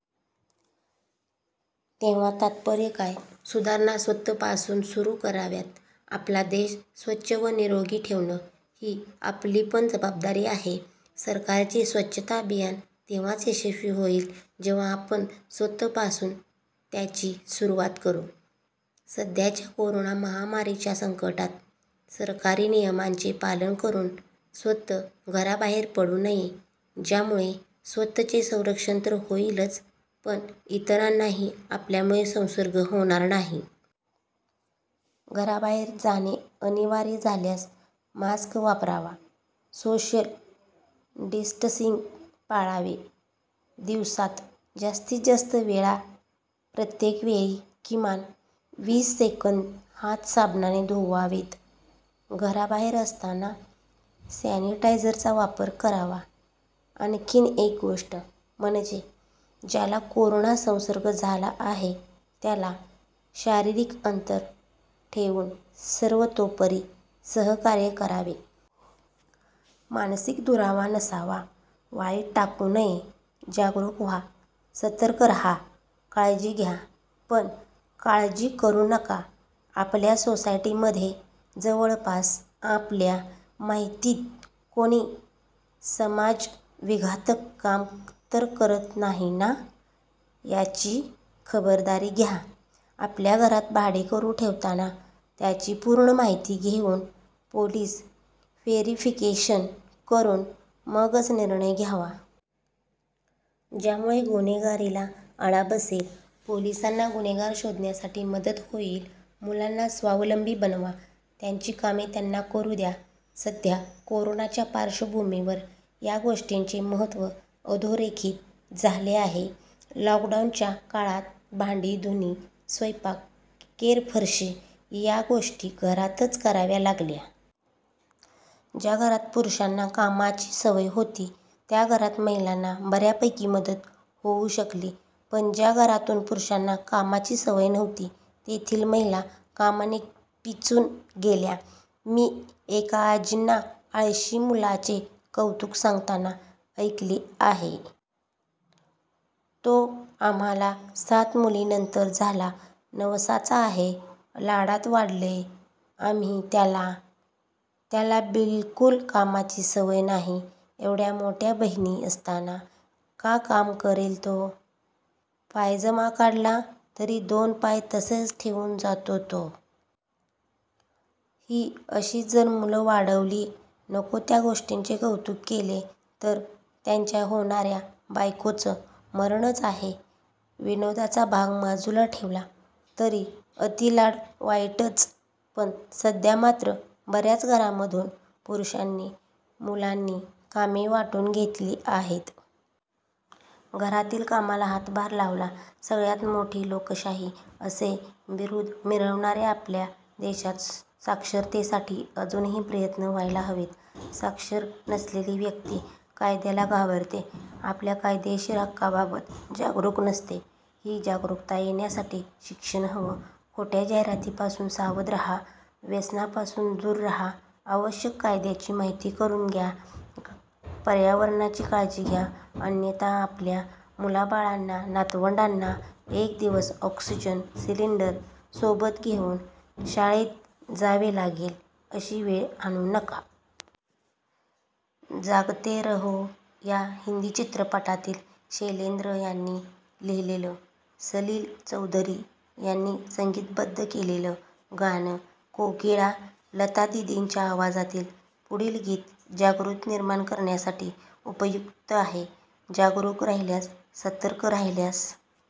तेव्हा तात्पर्य काय, सुधारणा स्वतःपासून सुरू कराव्यात. आपला देश स्वच्छ व निरोगी ठेवणं ही आपलीपण जबाबदारी आहे. सरकारचे स्वच्छता अभियान तेव्हाच यशस्वी होईल, जेव्हा आपण स्वतःपासून त्याची सुरुवात करू. सध्याच्या कोरोना महामारीच्या संकटात सरकारी नियमांचे पालन करून स्वतः घराबाहेर पडू नये, ज्यामुळे स्वतःचे संरक्षण तर होईलच पण इतरांनाही आपल्यामुळे संसर्ग होणार नाही. घराबाहेर जाणे अनिवार्य झाल्यास मास्क वापरावा, सोशल डिस्टन्सिंग पाळावे, दिवसात जास्तीत जास्त वेळा प्रत्येक वेळी किमान वीस सेकंद हात साबणाने धुवावेत, घराबाहेर असताना सॅनिटायझरचा वापर करावा. आणखीन एक गोष्ट म्हणजे ज्याला कोरोना संसर्ग झाला आहे त्याला शारीरिक अंतर ठेवून सर्वतोपरी सहकार्य करावे. मानसिक दुरावा नसावा. वाळीत टाकू नये. जागरूक व्हा, सतर्क राहा, काळजी घ्या पण काळजी करू नका. आपल्या सोसायटीमध्ये, जवळपास, आपल्या माहितीत कोणी समाजविघातक काम तर करत नाही ना? याची खबरदारी घ्या. आपल्या घरात भाडेकरू ठेवताना त्याची पूर्ण माहिती घेऊन, पोलीस व्हेरिफिकेशन करून मगच निर्णय घ्यावा. ज्यामुळे गुन्हेगारीला आळा बसेल. पोलिसांना गुन्हेगार शोधण्यासाठी मदत होईल. मुलांना स्वावलंबी बनवा. त्यांची कामे त्यांना करू द्या. सध्या कोरोनाच्या पार्श्वभूमीवर या गोष्टीचे महत्त्व अधोरेखित झाले आहे. लॉकडाऊनच्या काळात भांडी, धुणी, स्वयंपाक, केरफरशी या गोष्टी घरातच कराव्या लागल्या. ज्या घरातून पुरुषांना कामाची सवय होती त्या घरात महिलांना बऱ्यापैकी मदत होऊ शकली. पण ज्या घरातून पुरुषांना कामाची सवय नव्हती तेथील महिला कामाने पिचून गेल्या. मी एका आजींना आळशी मुलाचे कौतुक सांगताना ऐकले आहे. तो आम्हाला सात मुलींनंतर झाला. नवसाचा आहे. लाडात वाढवलंय आम्ही त्याला. त्याला बिलकुल कामाची सवय नाही. एवढ्या मोठ्या बहिणी असताना का काम करेल तो? पायजमा काढला तरी दोन पाय तसेच ठेऊन जातो तो. ही अशी जर मुलं वाढवली, नको त्या गोष्टींचे कौतुक केले तर त्यांच्या होणाऱ्या बायकोचं मरणच आहे. विनोदाचा भाग बाजूला ठेवला तरी अतिलाड वाईटच. पण सध्या मात्र बऱ्याच घरांमधून पुरुषांनी, मुलांनी कामे वाटून घेतली आहेत. घरातील कामाला हातभार लावला. सगळ्यात मोठी लोकशाही असे बिरुद मिरवणाऱ्या आपल्या देशात साक्षरतेसाठी अजूनही प्रयत्न व्हायला हवेत. साक्षर नसलेली व्यक्ती कायद्याला घाबरते. आपल्या कायदेशीर हक्कांबाबत जागरूक नसते. ही जागरूकता येण्यासाठी शिक्षण हवं. खोट्या जाहिरातींपासून सावध राहा, व्यसनांपासून दूर राहा, आवश्यक कायद्यांची माहिती करून घ्या, पर्यावरणाची काळजी घ्या अन्यथा आपल्या मुलाबाळांना, नातवंडांना एक दिवस ऑक्सिजन सिलिंडर सोबत घेऊन शाळेत जावे लागेल, अशी वेळ आणू नका. जागते रहो या हिंदी चित्रपटातील शैलेंद्र यांनी लिहिलेलं, सलील चौधरी यांनी संगीतबद्ध केलेलं, गान कोकिळा लता दिदींच्या आवाजातील पुढील गीत जागृती निर्माण करण्यासाठी उपयुक्त आहे. जागरूक राहिल्यास, सतर्क राहिल्यास